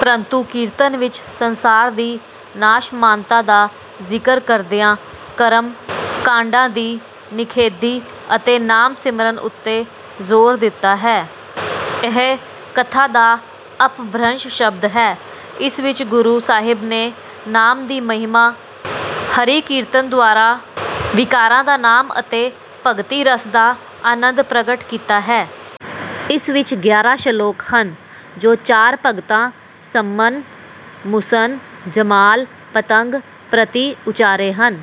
ਪਰੰਤੂ ਕੀਰਤਨ ਵਿੱਚ ਸੰਸਾਰ ਦੀ ਨਾਸ਼ਮਾਨਤਾ ਦਾ ਜ਼ਿਕਰ ਕਰਦਿਆਂ ਕਰਮ ਕਾਂਡਾਂ ਦੀ ਨਿਖੇਧੀ ਅਤੇ ਨਾਮ ਸਿਮਰਨ ਉੱਤੇ ਜ਼ੋਰ ਦਿੱਤਾ ਹੈ। ਇਹ ਕਥਾ ਦਾ ਅਪਭ੍ਰੰਸ਼ ਸ਼ਬਦ ਹੈ। ਇਸ ਵਿੱਚ ਗੁਰੂ ਸਾਹਿਬ ਨੇ ਨਾਮ ਦੀ ਮਹਿਮਾ ਹਰੀ ਕੀਰਤਨ ਦੁਆਰਾ ਵਿਕਾਰਾਂ ਦਾ ਨਾਸ਼ ਅਤੇ ਭਗਤੀ ਰਸ ਦਾ ਆਨੰਦ ਪ੍ਰਗਟ ਕੀਤਾ ਹੈ। ਇਸ ਵਿੱਚ ਗਿਆਰਾਂ ਸਲੋਕ ਹਨ, ਜੋ ਚਾਰ ਭਗਤਾਂ ਸੰਮਨ, ਮੂਸਨ, ਜਮਾਲ, ਪਤੰਗ ਪ੍ਰਤੀ ਉਚਾਰੇ ਹਨ।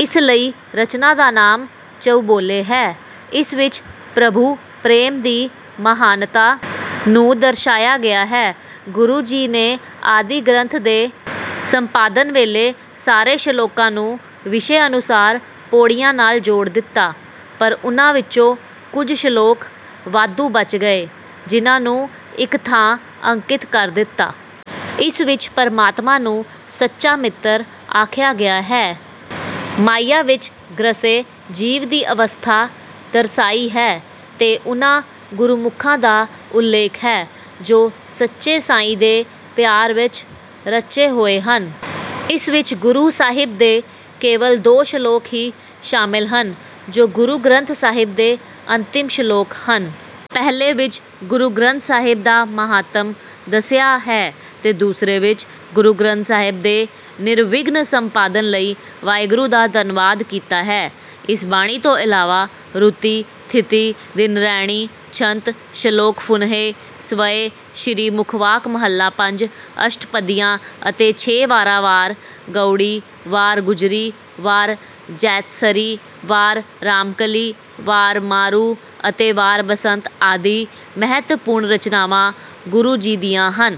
ਇਸ ਲਈ ਰਚਨਾ ਦਾ ਨਾਮ ਚਉਬੋਲੇ ਹੈ। ਇਸ ਵਿੱਚ ਪ੍ਰਭੂ ਪ੍ਰੇਮ ਦੀ ਮਹਾਨਤਾ ਨੂੰ ਦਰਸਾਇਆ ਗਿਆ ਹੈ। ਗੁਰੂ ਜੀ ਨੇ ਆਦਿ ਗ੍ਰੰਥ ਦੇ ਸੰਪਾਦਨ ਵੇਲੇ ਸਾਰੇ ਸਲੋਕਾਂ ਨੂੰ ਵਿਸ਼ੇ ਅਨੁਸਾਰ ਪੌੜੀਆਂ ਨਾਲ ਜੋੜ ਦਿੱਤਾ, ਪਰ ਉਨ੍ਹਾਂ ਵਿੱਚੋਂ ਕੁਝ ਸਲੋਕ ਵਾਧੂ ਬਚ ਗਏ, ਜਿਹਨਾਂ ਨੂੰ ਇੱਕ ਥਾਂ ਅੰਕਿਤ ਕਰ ਦਿੱਤਾ। ਇਸ ਵਿੱਚ ਪਰਮਾਤਮਾ ਨੂੰ ਸੱਚਾ ਮਿੱਤਰ ਆਖਿਆ ਗਿਆ ਹੈ। ਮਾਇਆ ਵਿੱਚ ਗ੍ਰਸੇ ਜੀਵ ਦੀ ਅਵਸਥਾ ਦਰਸਾਈ ਹੈ ਤੇ ਉਨ੍ਹਾਂ ਗੁਰਮੁਖਾਂ ਦਾ ਉਲੇਖ ਹੈ, ਜੋ ਸੱਚੇ ਸਾਈਂ ਦੇ ਪਿਆਰ ਵਿੱਚ ਰਚੇ ਹੋਏ ਹਨ। ਇਸ ਵਿੱਚ ਗੁਰੂ ਸਾਹਿਬ ਦੇ ਕੇਵਲ ਦੋ ਸਲੋਕ ਹੀ ਸ਼ਾਮਿਲ ਹਨ ਜੋ ਗੁਰੂ ਗ੍ਰੰਥ ਸਾਹਿਬ ਦੇ ਅੰਤਿਮ ਸਲੋਕ ਹਨ। ਪਹਿਲੇ ਵਿੱਚ ਗੁਰੂ ਗ੍ਰੰਥ ਸਾਹਿਬ ਦਾ ਮਹਾਤਮ ਦੱਸਿਆ ਹੈ ਤੇ ਦੂਸਰੇ ਵਿੱਚ ਗੁਰੂ ਗ੍ਰੰਥ ਸਾਹਿਬ ਦੇ ਨਿਰਵਿਘਨ ਸੰਪਾਦਨ ਲਈ ਵਾਹਿਗੁਰੂ ਦਾ ਧੰਨਵਾਦ ਕੀਤਾ ਹੈ। ਇਸ ਬਾਣੀ ਤੋਂ ਇਲਾਵਾ ਰੁਤੀ, ਥਿਤੀ, ਦਿਨ ਰੈਣਿ, ਛੰਤ, ਸਲੋਕ ਫੁਨਹੇ, ਸਵਯੇ ਸ੍ਰੀ ਮੁਖਵਾਕ ਮਹਲਾ ਪੰਜ, ਅਸ਼ਟਪਦੀਆਂ ਅਤੇ ਛੇ ਵਾਰਾਂ ਵਾਰ ਗਉੜੀ, ਵਾਰ ਗੂਜਰੀ, ਵਾਰ ਜੈਤਸਰੀ, ਵਾਰ ਰਾਮਕਲੀ, ਵਾਰ ਮਾਰੂ ਅਤੇ ਵਾਰ ਬਸੰਤ ਆਦਿ ਮਹੱਤਵਪੂਰਨ ਰਚਨਾਵਾਂ ਗੁਰੂ ਜੀ ਦੀਆਂ ਹਨ।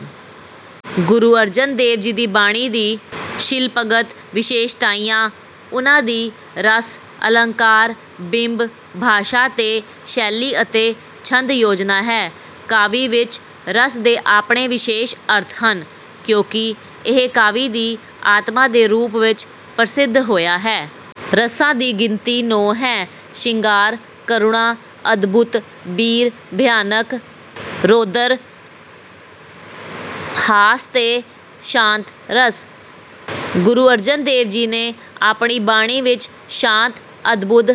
ਗੁਰੂ ਅਰਜਨ ਦੇਵ ਜੀ ਦੀ ਬਾਣੀ ਦੀ ਸ਼ਿਲਪਗਤ ਵਿਸ਼ੇਸਤਾਈਆਂ ਉਨ੍ਹਾਂ ਦੀ ਰਸ, ਅਲੰਕਾਰ, ਬਿੰਬ, ਭਾਸ਼ਾ ਤੇ ਸ਼ੈਲੀ ਅਤੇ ਛੰਦ ਯੋਜਨਾ ਹੈ। ਕਾਵਿ ਵਿੱਚ ਰਸ ਦੇ ਆਪਣੇ ਵਿਸ਼ੇਸ਼ ਅਰਥ ਹਨ, ਕਿਉਂਕਿ ਇਹ ਕਾਵਿ ਦੀ ਆਤਮਾ ਦੇ ਰੂਪ ਵਿੱਚ ਪ੍ਰਸਿੱਧ ਹੋਇਆ ਹੈ। ਰਸਾਂ ਦੀ ਗਿਣਤੀ ਨੌਂ ਹੈ। ਸ਼ਿੰਗਾਰ, ਕਰੁਣਾ, ਅਦਭੁਤ, ਬੀਰ, ਭਿਆਨਕ, ਰੌਦਰ, ਹਾਸ ਤੇ ਸ਼ਾਂਤ ਰਸ। ਗੁਰੂ ਅਰਜਨ ਦੇਵ ਜੀ ਨੇ ਆਪਣੀ ਬਾਣੀ ਵਿੱਚ ਸ਼ਾਂਤ, ਅਦਭੁਤ,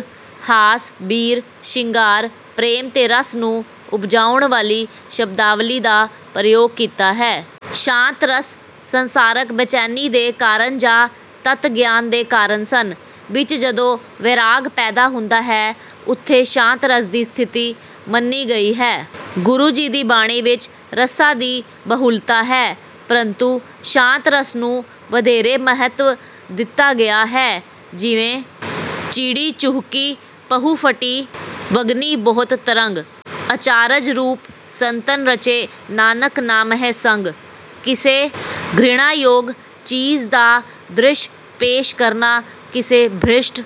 ਹਾਸ, ਬੀਰ, ਸ਼ਿੰਗਾਰ, ਪ੍ਰੇਮ ਤੇ ਰਸ ਨੂੰ ਉਪਜਾਉਣ ਵਾਲੀ ਸ਼ਬਦਾਵਲੀ ਦਾ ਪ੍ਰਯੋਗ ਕੀਤਾ ਹੈ। ਸ਼ਾਂਤ ਰਸ ਸੰਸਾਰਕ ਬੇਚੈਨੀ ਦੇ ਕਾਰਨ ਜਾਂ ਤੱਤ ਗਿਆਨ ਦੇ ਕਾਰਨ ਮਨ ਵਿੱਚ ਜਦੋਂ ਵੈਰਾਗ ਪੈਦਾ ਹੁੰਦਾ ਹੈ, ਉੱਥੇ ਸ਼ਾਂਤ ਰਸ ਦੀ ਸਥਿਤੀ ਮੰਨੀ ਗਈ ਹੈ। ਗੁਰੂ ਜੀ ਦੀ ਬਾਣੀ ਵਿੱਚ ਰਸਾਂ ਦੀ ਬਹੁਲਤਾ ਹੈ ਪਰੰਤੂ ਸ਼ਾਂਤ ਰਸ ਨੂੰ ਵਧੇਰੇ ਮਹੱਤਵ ਦਿੱਤਾ ਗਿਆ ਹੈ ਜਿਵੇਂ: ਚਿੜੀ ਚੂਹਕੀ ਪਹੁ ਫਟੀ ਵਗਨਿ ਬਹੁਤ ਤਰੰਗ। ਅਚਾਰਜ ਰੂਪ ਸੰਤਨ ਰਚੇ ਨਾਨਕ ਨਾਮਹਿ ਸੰਗ। ਕਿਸੇ ਘ੍ਰਿਣਾ ਯੋਗ ਚੀਜ਼ ਦਾ ਦ੍ਰਿਸ਼ ਪੇਸ਼ ਕਰਨਾ, ਕਿਸੇ ਭ੍ਰਿਸ਼ਟ